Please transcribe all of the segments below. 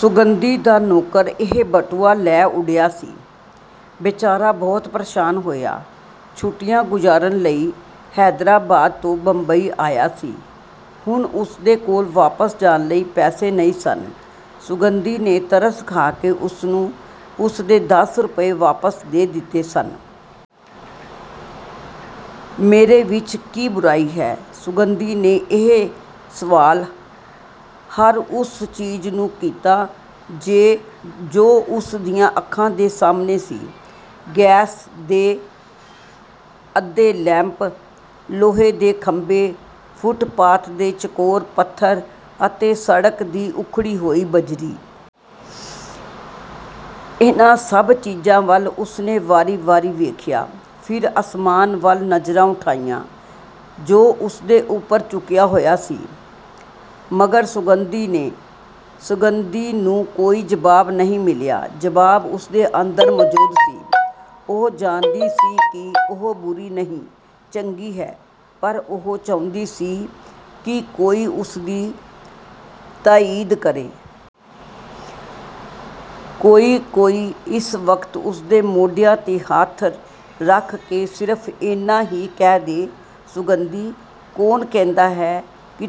ਸੌਗੰਧੀ ਦਾ ਨੌਕਰ ਇਹ ਬਟੂਆ ਲੈ ਉੱਡਿਆ ਸੀ। ਬੇਚਾਰਾ ਬਹੁਤ ਪਰੇਸ਼ਾਨ ਹੋਇਆ। ਛੁੱਟੀਆਂ ਗੁਜ਼ਾਰਨ ਲਈ ਹੈਦਰਾਬਾਦ ਤੋਂ ਬੰਬਈ ਆਇਆ ਸੀ। ਹੁਣ ਉਸਦੇ ਕੋਲ ਵਾਪਸ ਜਾਣ ਲਈ ਪੈਸੇ ਨਹੀਂ ਸਨ। ਸੌਗੰਧੀ ਨੇ ਤਰਸ ਖਾ ਕੇ ਉਸਨੂੰ ਉਸਦੇ ਦਸ ਰੁਪਏ ਵਾਪਸ ਦੇ ਦਿੱਤੇ ਸਨ। ਮੇਰੇ ਵਿੱਚ ਕੀ ਬੁਰਾਈ ਹੈ? ਸੌਗੰਧੀ ਨੇ ਇਹ ਸਵਾਲ ਹਰ ਉਸ ਚੀਜ਼ ਨੂੰ ਕੀਤਾ ਜੋ ਉਸਦੀਆਂ ਅੱਖਾਂ ਦੇ ਸਾਹਮਣੇ ਸੀ। ਗੈਸ ਦੇ ਅੰਧੇ ਲੈਂਪ, ਲੋਹੇ ਦੇ ਖੰਭੇ, ਫੁਟਪਾਥ ਦੇ ਚੁਕੋਰ ਪੱਥਰ ਅਤੇ ਸੜਕ ਦੀ ਉਖੜੀ ਹੋਈ ਬਜਰੀ। ਇਨ੍ਹਾਂ ਸਭ ਚੀਜ਼ਾਂ ਵੱਲ ਉਸਨੇ ਵਾਰੀ ਵਾਰੀ ਵੇਖਿਆ, ਫਿਰ ਅਸਮਾਨ ਵੱਲ ਨਜ਼ਰਾਂ ਉਠਾਈਆਂ ਜੋ ਉਸਦੇ ਉੱਪਰ ਝੁੱਕਿਆ ਹੋਇਆ ਸੀ, ਮਗਰ ਸੌਗੰਧੀ ਨੂੰ ਕੋਈ ਜਵਾਬ ਨਹੀਂ ਮਿਲਿਆ। ਜਵਾਬ ਉਸਦੇ ਅੰਦਰ ਮੌਜੂਦ ਸੀ। ਉਹ ਜਾਣਦੀ ਸੀ ਕਿ ਉਹ ਬੁਰੀ ਨਹੀਂ, ਚੰਗੀ ਹੈ, ਪਰ ਉਹ ਚਾਹੁੰਦੀ ਸੀ ਕਿ ਕੋਈ ਉਸਦੀ ਤਾਈਦ ਕਰੇ। ਕੋਈ, ਕੋਈ, ਇਸ ਵਕਤ ਉਸਦੇ ਮੋਢਿਆਂ ਤੇ ਹੱਥ ਰੱਖ ਕੇ ਸਿਰਫ਼ ਇੰਨਾ ਕਹਿ ਦੇ, "ਸੌਗੰਧੀ! ਕੌਣ ਕਹਿੰਦਾ ਹੈ,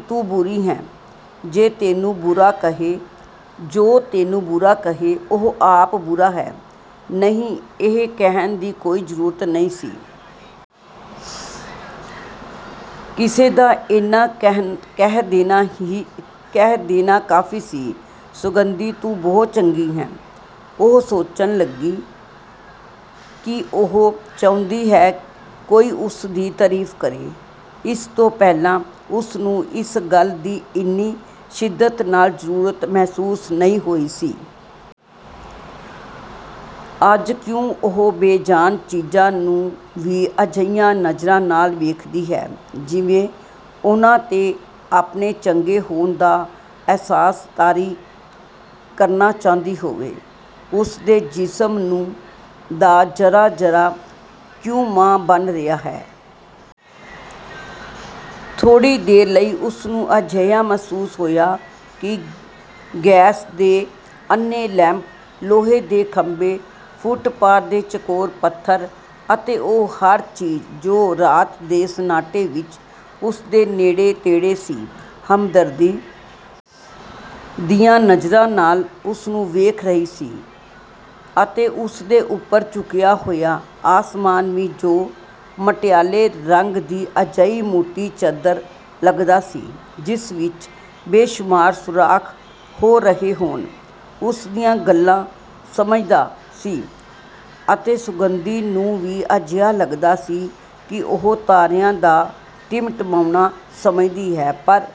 ਤੂੰ ਬੁਰੀ ਹੈਂ, ਜੋ ਤੈਨੂੰ ਬੁਰਾ ਕਹੇ, ਉਹ ਆਪ ਬੁਰਾ ਹੈ।" ਨਹੀਂ, ਇਹ ਕਹਿਣ ਦੀ ਕੋਈ ਜ਼ਰੂਰਤ ਨਹੀਂ ਸੀ। ਕਿਸੇ ਦਾ ਇੰਨਾ ਕਹਿ ਦੇਣਾ ਕਾਫ਼ੀ ਸੀ, "ਸੌਗੰਧੀ, ਤੂੰ ਬਹੁਤ ਚੰਗੀ ਹੈਂ!" ਉਹ ਸੋਚਣ ਲੱਗੀ ਕਿ ਉਹ ਕਿਉਂ ਚਾਹੁੰਦੀ ਹੈ ਕੋਈ ਉਸਦੀ ਤਾਰੀਫ਼ ਕਰੇ। ਇਸ ਤੋਂ ਪਹਿਲਾਂ ਉਸਨੂੰ ਇਸ ਗੱਲ ਦੀ ਇੰਨੀ ਸ਼ਿੱਦਤ ਨਾਲ਼ ਜ਼ਰੂਰਤ ਮਹਿਸੂਸ ਨਹੀਂ ਹੋਈ ਸੀ। ਅੱਜ ਕਿਉਂ ਉਹ ਬੇਜਾਨ ਚੀਜ਼ਾਂ ਨੂੰ ਵੀ ਅਜਿਹੀਆਂ ਨਜ਼ਰਾਂ ਨਾਲ਼ ਵੇਖਦੀ ਹੈ, ਜਿਵੇਂ ਉਨ੍ਹਾਂ ਤੇ ਆਪਣੇ ਚੰਗੇ ਹੋਣ ਦਾ ਅਹਿਸਾਸ ਤਾਰੀ ਕਰਨਾ ਚਾਹੁੰਦੀ ਹੋਵੇ, ਉਸਦੇ ਜਿਸਮ ਦਾ ਜ਼ੱਰਾ ਜ਼ੱਰਾ ਕਿਉਂ ਮਾਂ ਬਣ ਰਿਹਾ ਹੈ। ਥੋੜ੍ਹੀ ਦੇਰ ਲਈ ਉਸਨੂੰ ਅਜਿਹਾ ਮਹਿਸੂਸ ਹੋਇਆ ਕਿ ਗੈਸ ਦੇ ਅੰਨ੍ਹੇ ਲੈਂਪ, ਲੋਹੇ ਦੇ ਖੰਭੇ, ਫੁਟਪਾਥ ਦੇ ਚਕੋਰ ਪੱਥਰ ਅਤੇ ਹਰ ਉਹ ਚੀਜ਼ ਜੋ ਰਾਤ ਦੇ ਸੰਨਾਟੇ ਵਿੱਚ ਉਸਦੇ ਨੇੜੇ ਤੇੜੇ ਸੀ, ਹਮਦਰਦੀ ਦੀਆਂ ਨਜ਼ਰਾਂ ਨਾਲ਼ ਉਸਨੂੰ ਵੇਖ ਰਹੀ ਸੀ ਅਤੇ ਉਸਦੇ ਉੱਪਰ ਝੁੱਕਿਆ ਹੋਇਆ ਅਸਮਾਨ ਵੀ ਜੋ ਮਟਿਆਲੇ ਰੰਗ ਦੀ ਅਜਿਹੀ ਮੋਟੀ ਚਾਦਰ ਲੱਗਦਾ ਸੀ ਜਿਸ ਵਿੱਚ ਬੇਸ਼ੁਮਾਰ ਸੂਰਾਖ਼ ਹੋ ਰਹੇ ਹੋਣ, ਉਸਦੀਆਂ ਗੱਲਾਂ ਸਮਝਦਾ ਸੀ ਅਤੇ ਸੌਗੰਧੀ ਨੂੰ ਵੀ ਅਜਿਹਾ ਲੱਗਦਾ ਸੀ ਕਿ ਉਹ ਤਾਰਿਆਂ ਦਾ ਟਿਮਟਿਮਾਉਣਾ ਸਮਝਦੀ ਹੈ। ਪਰ